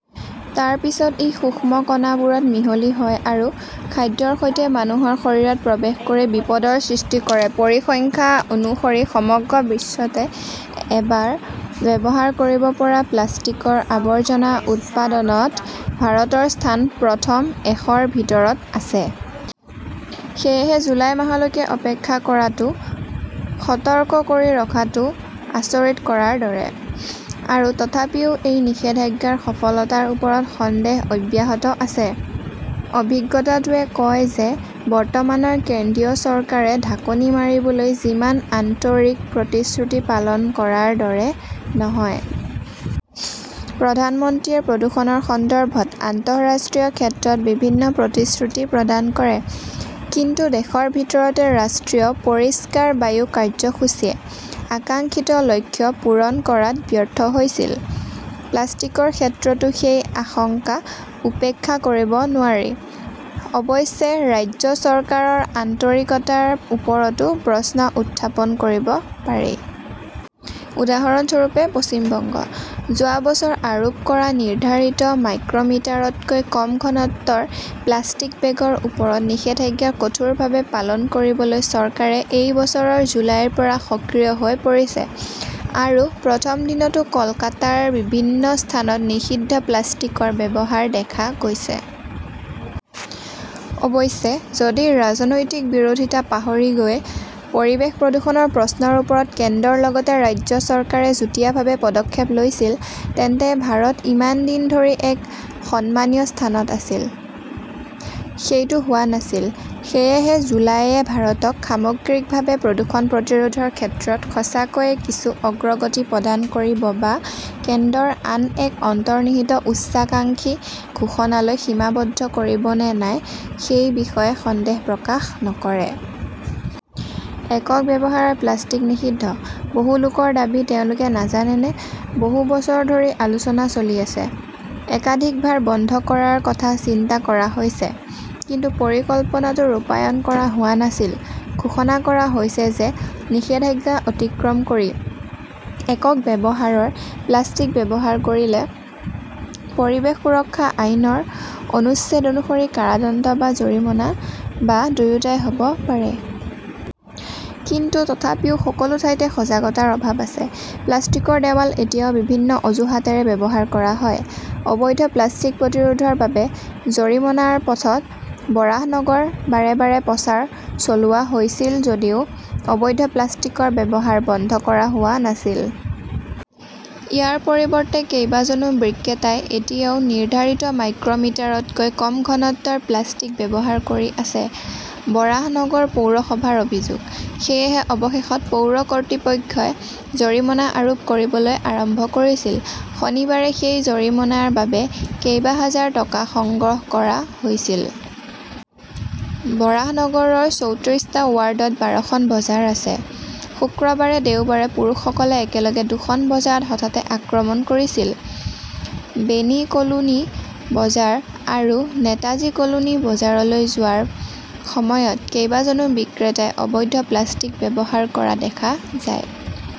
তাৰ পিছত ই সূক্ষ্ম কণাবোৰত মিহলি হয় আৰু খাদ্যৰ সৈতে মানুহৰ শৰীৰত প্ৰৱেশ কৰি বিপদৰ সৃষ্টি কৰে। পৰিসংখ্যা অনুসৰি সমগ্ৰ বিশ্বতে এবাৰ ব্যৱহাৰ কৰিব পৰা প্লাষ্টিকৰ আৱৰ্জনা উৎপাদনত ভাৰতৰ স্থান প্ৰথম এশৰ ভিতৰত আছে। সেয়েহে, জুলাই মাহলৈকে অপেক্ষা কৰাটো, সতৰ্ক কৰি ৰখাটো আচৰিত কৰাৰ দৰে। আৰু তথাপিও এই নিষেধাজ্ঞাৰ সফলতাৰ ওপৰত সন্দেহ অব্যাহত আছে। অভিজ্ঞতাটোৱে কয় যে বৰ্তমানৰ কেন্দ্ৰীয় চৰকাৰে ঢাকনি মাৰিবলৈ যিমান আন্তৰিক, প্ৰতিশ্ৰুতি পালন কৰাৰ দৰে নহয়। প্ৰধানমন্ত্ৰীয়ে প্ৰদূষণৰ সন্দৰ্ভত আন্তঃৰাষ্ট্ৰীয় ক্ষেত্ৰত বিভিন্ন প্ৰতিশ্ৰুতি প্ৰদান কৰে। কিন্তু দেশৰ ভিতৰতে ৰাষ্ট্ৰীয় পৰিষ্কাৰ বায়ু কাৰ্যসূচীয়ে আকাংক্ষিত লক্ষ্য পূৰণ কৰাত ব্যৰ্থ হৈছিল। প্লাষ্টিকৰ ক্ষেত্ৰতো সেই আশংকা উপেক্ষা কৰিব নোৱাৰি। অৱশ্যে, ৰাজ্য চৰকাৰৰ আন্তৰিকতাৰ ওপৰতো প্ৰশ্ন উত্থাপন কৰিব পাৰি। উদাহৰণস্বৰূপে, পশ্চিমবংগ। যোৱা বছৰ আৰোপ কৰা নিৰ্ধাৰিত মাইক্ৰমিটাৰতকৈ কম ঘনত্বৰ প্লাষ্টিক বেগৰ ওপৰত নিষেধাজ্ঞা কঠোৰভাৱে পালন কৰিবলৈ চৰকাৰে এই বছৰৰ জুলাইৰ পৰা সক্ৰিয় হৈ পৰিছে। আৰু প্ৰথম দিনতো কলকাতাৰ বিভিন্ন স্থানত নিষিদ্ধ প্লাষ্টিকৰ ব্যৱহাৰ দেখা গৈছে। অৱশ্যে, যদি ৰাজনৈতিক বিৰোধিতা পাহৰি গৈ পৰিৱেশ প্ৰদূষণৰ প্ৰশ্নৰ ওপৰত কেন্দ্ৰৰ লগতে ৰাজ্য চৰকাৰে যুটীয়াভাৱে পদক্ষেপ লৈছিল তেন্তে ভাৰত ইমান দিন ধৰি এক সন্মানীয় স্থানত আছিল। সেইটো হোৱা নাছিল। সেয়েহে, জুলাইয়ে ভাৰতক সামগ্ৰিকভাৱে প্ৰদূষণ প্ৰতিৰোধৰ ক্ষেত্ৰত সঁচাকৈয়ে কিছু অগ্ৰগতি প্ৰদান কৰিব, বা কেন্দ্ৰৰ আন এক অন্তৰ্নিহিত উচ্চাকাংক্ষী ঘোষণালৈ সীমাবদ্ধ কৰিব নে নাই সেই বিষয়ে সন্দেহ প্ৰকাশ নকৰে। একক ব্যৱহাৰৰ প্লাষ্টিক নিষিদ্ধ, বহু লোকৰ দাবী তেওঁলোকে নাজানেনে? বহু বছৰ ধৰি আলোচনা চলি আছে। একাধিকবাৰ বন্ধ কৰাৰ কথা চিন্তা কৰা হৈছে। কিন্তু পৰিকল্পনাটো ৰূপায়ণ কৰা হোৱা নাছিল। ঘোষণা কৰা হৈছে যে নিষেধাজ্ঞা অতিক্ৰম কৰি একক ব্যৱহাৰৰ প্লাষ্টিক ব্যৱহাৰ কৰিলে পৰিৱেশ সুৰক্ষা আইনৰ অনুচ্ছেদ অনুসৰি কাৰাদণ্ড বা জৰিমনা বা দুয়োটাই হ'ব পাৰে। কিন্তু তথাপিও সকলো ঠাইতে সজাগতাৰ অভাৱ আছে। প্লাষ্টিকৰ দেৱাল এতিয়াও বিভিন্ন অজুহাতৰে ব্যৱহাৰ কৰা হয়। অবৈধ প্লাষ্টিক প্ৰতিৰোধৰ বাবে জৰিমনাৰ পথত বৰাহনগৰ বাৰে বাৰে প্ৰচাৰ চলোৱা হৈছিল যদিও অবৈধ প্লাষ্টিকৰ ব্যৱহাৰ বন্ধ কৰা হোৱা নাছিল। ইয়াৰ পৰিৱৰ্তে, কেইবাজনো বিক্ৰেতাই এতিয়াও নিৰ্ধাৰিত মাইক্ৰমিটাৰতকৈ কম ঘনত্বৰ প্লাষ্টিক ব্যৱহাৰ কৰি আছে, বৰাহনগৰ পৌৰসভাৰ অভিযোগ। সেয়েহে অৱশেষত পৌৰ কৰ্তৃপক্ষই জৰিমনা আৰোপ কৰিবলৈ আৰম্ভ কৰিছিল। শনিবাৰে সেই জৰিমনাৰ বাবে কেইবাহাজাৰ টকা সংগ্ৰহ কৰা হৈছিল। বৰাহনগৰৰ চৌত্ৰিশটা ৱাৰ্ডত বাৰখন বজাৰ আছে। শুক্ৰবাৰে দেওবাৰে পুৰুষসকলে একেলগে দুখন বজাৰত হঠাতে আক্ৰমণ কৰিছিল। বেনী কলোনী বজাৰ আৰু‌ নেতাজী কলোনী বজাৰলৈ যোৱাৰ সময়ত কেইবাজনো বিক্ৰেতাই অবৈধ প্লাষ্টিক ব্যৱহাৰ কৰা‌‌ দেখা যায়।